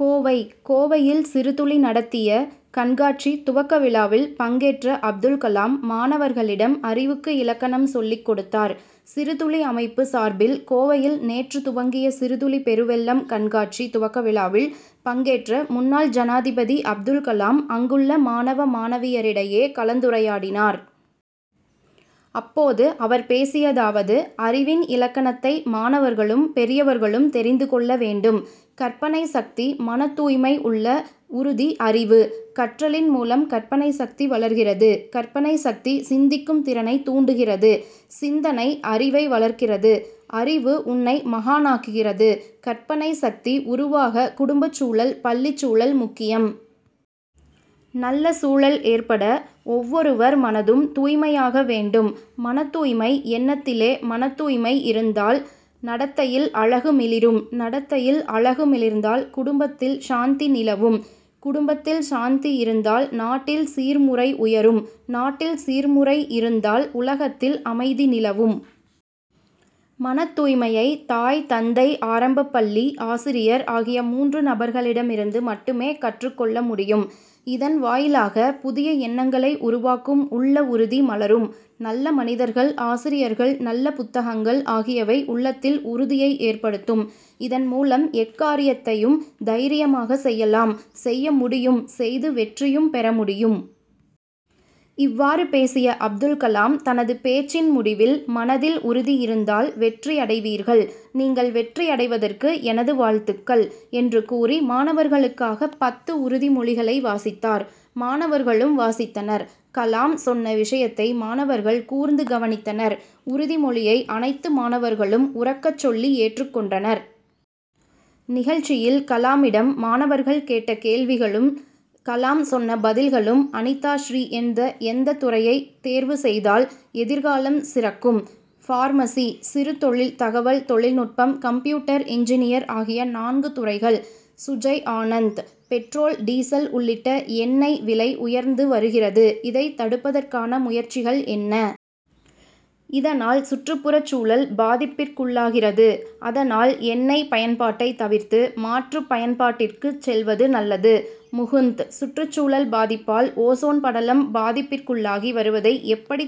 கோவை கோவையில் சிறுதுளி நடத்திய கண்காட்சி துவக்க விழாவில் பங்கேற்ற அப்துல் கலாம், மாணவர்களிடம் அறிவுக்கு இலக்கணம் சொல்லிக் கொடுத்தார். சிறுதுளி அமைப்பு சார்பில் கோவையில் நேற்று துவங்கிய சிறுதுளி பெருவெள்ளம்' கண்காட்சி துவக்க விழாவில் பங்கேற்ற முன்னாள் ஜனாதிபதி அப்துல் கலாம், அங்குள்ள மாணவ, மாணவியரிடையே கலந்துரையாடினார். அப்போது அவர் பேசியதாவது: அறிவின் இலக்கணத்தை மாணவர்களும், பெரியவர்களும் தெரிந்து கொள்ள வேண்டும். கற்பனை சக்தி மனத்தூய்மை உள்ள உறுதி அறிவு. கற்றலின் மூலம் கற்பனை சக்தி வளர்கிறது கற்பனை சக்தி, சிந்திக்கும் திறனை தூண்டுகிறது; சிந்தனை, அறிவை வளர்க்கிறது; அறிவு உன்னை மகானாக்குகிறது. கற்பனை சக்தி உருவாக குடும்பச்சூழல், பள்ளிச் சூழல் முக்கியம். நல்ல சூழல் ஏற்பட, ஒவ்வொருவர் மனதும் தூய்மையாக வேண்டும். மனத்தூய்மை எண்ணத்திலே மனத்தூய்மை இருந்தால் நடத்தையில் அழகு மிளிரும் நடத்தையில் அழகு மிளிர்ந்தால், குடும்பத்தில் சாந்தி நிலவும்; குடும்பத்தில் சாந்தி இருந்தால், நாட்டில் சீர் முறை உயரும் நாட்டில் சீர்முறை இருந்தால் உலகத்தில் அமைதி நிலவும். மனத்தூய்மையை தாய், தந்தை, ஆரம்பப்பள்ளி ஆசிரியர் ஆகிய மூன்று நபர்களிடமிருந்து மட்டுமே கற்றுக் கொள்ள முடியும். இதன் வாயிலாக புதிய எண்ணங்களை உருவாக்கும் உள்ள உறுதி மலரும். நல்ல மனிதர்கள், ஆசிரியர்கள், நல்ல புத்தகங்கள் ஆகியவை உள்ளத்தில் உறுதியை ஏற்படுத்தும், இதன் மூலம் எக்காரியத்தையும் தைரியமாக செய்யலாம் செய்ய முடியும் செய்து வெற்றியும் பெற முடியும். இவ்வாறு பேசிய அப்துல்கலாம், தனது பேச்சின் முடிவில், மனதில் உறுதி இருந்தால், வெற்றி அடைவீர்கள். நீங்கள் வெற்றி அடைவதற்கு எனது வாழ்த்துக்கள்' என்று கூறி மாணவர்களுக்காக பத்து உறுதி மொழிகளை வாசித்தார். மாணவர்களும் வாசித்தனர். கலாம் சொன்ன விஷயத்தை மாணவர்கள் கூர்ந்து கவனித்தனர். உறுதி மொழியை அனைத்து மாணவர்களும் உரக்கச் சொல்லி ஏற்றுக்கொண்டனர். நிகழ்ச்சியில் கலாமிடம் மாணவர்கள் கேட்ட கேள்விகளும், கலாம் சொன்ன பதில்களும் அனிதாஸ்ரீ எந்த துறையை தேர்வு செய்தால் எதிர் காலம் சிறக்கும்? பார்மஸி, சிறுதொழில், தகவல் தொழில்நுட்பம், கம்ப்யூட்டர் இன்ஜினியர் ஆகிய நான்கு துறைகள். சுஜய் ஆனந்த்: பெட்ரோல் டீசல் உள்ளிட்ட எண்ணெய் விலை உயர்ந்து வருகிறது; இதைத் தடுப்பதற்கான முயற்சிகள் என்ன? இதனால் சுற்றுப்புறச் சூழல் பாதிப்பிற்குள்ளாகிறது. அதனால் எண்ணெய் பயன்பாட்டை தவிர்த்து மாற்று பயன்பாட்டிற்கு செல்வது நல்லது. முகுந்த்: சுற்றுச்சூழல் பாதிப்பால் ஓசோன் படலம் பாதிப்பிற்குள்ளாகி வருவதை எப்படி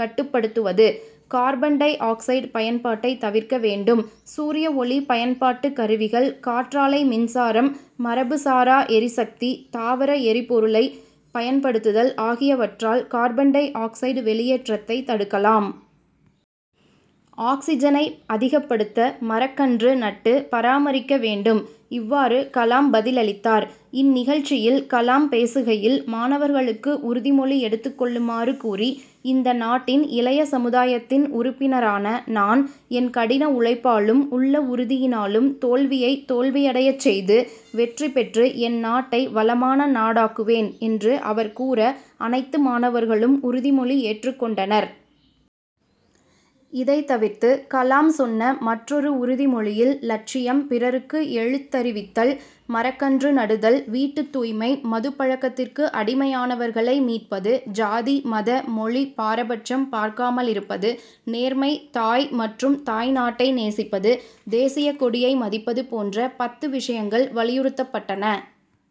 கட்டுப்படுத்துவது? கார்பன் டை ஆக்சைடு பயன்பாட்டை தவிர்க்க வேண்டும். சூரியஒளி பயன்பாட்டு கருவிகள், காற்றாலை மின்சாரம், மரபுசாரா எரிசக்தி, தாவர எரிபொருளை பயன் படுத்துதல் ஆகியவற்றால் கார்பன் டை ஆக்சைடு வெளியேற்றத்தை தடுக்கலாம். ஆக்சிஜனை அதிகப்படுத்த மரக்கன்று நட்டு பராமரிக்க வேண்டும். இவ்வாறு, கலாம் பதிலளித்தார். இந்நிகழ்ச்சியில் கலாம் பேசுகையில், மாணவர்களுக்கு உறுதிமொழி எடுத்துக்கொள்ளுமாறு கூறி, இந்த நாட்டின் இளைய சமுதாயத்தின் உறுப்பினரான நான், என் கடின உழைப்பாலும் உள்ள உறுதியினாலும், தோல்வியை தோல்வியடைச் செய்து, வெற்றி பெற்று என் நாட்டை வளமான நாடாக்குவேன், என்று அவர் கூற, அனைத்து மாணவர்களும் உறுதிமொழி ஏற்றுக்கொண்டனர். இதைத் தவிர்த்து, கலாம் சொன்ன மற்றொரு உறுதிமொழியில், லட்சியம், பிறருக்கு எழுத்தருவித்தல், மரக்கன்று நடுதல், வீட்டுத்தூய்மை, மதுப்பழக்கத்திற்கு அடிமையானவர்களை மீட்பது, ஜாதி, மத, மொழி பாரபட்சம் பார்க்காமலிருப்பது, நேர்மை, தாய் மற்றும் தாய்நாட்டை நேசிப்பது, தேசியக்கொடியை மதிப்பது' போன்ற பத்து விஷயங்கள் வலியுறுத்தப்பட்டன.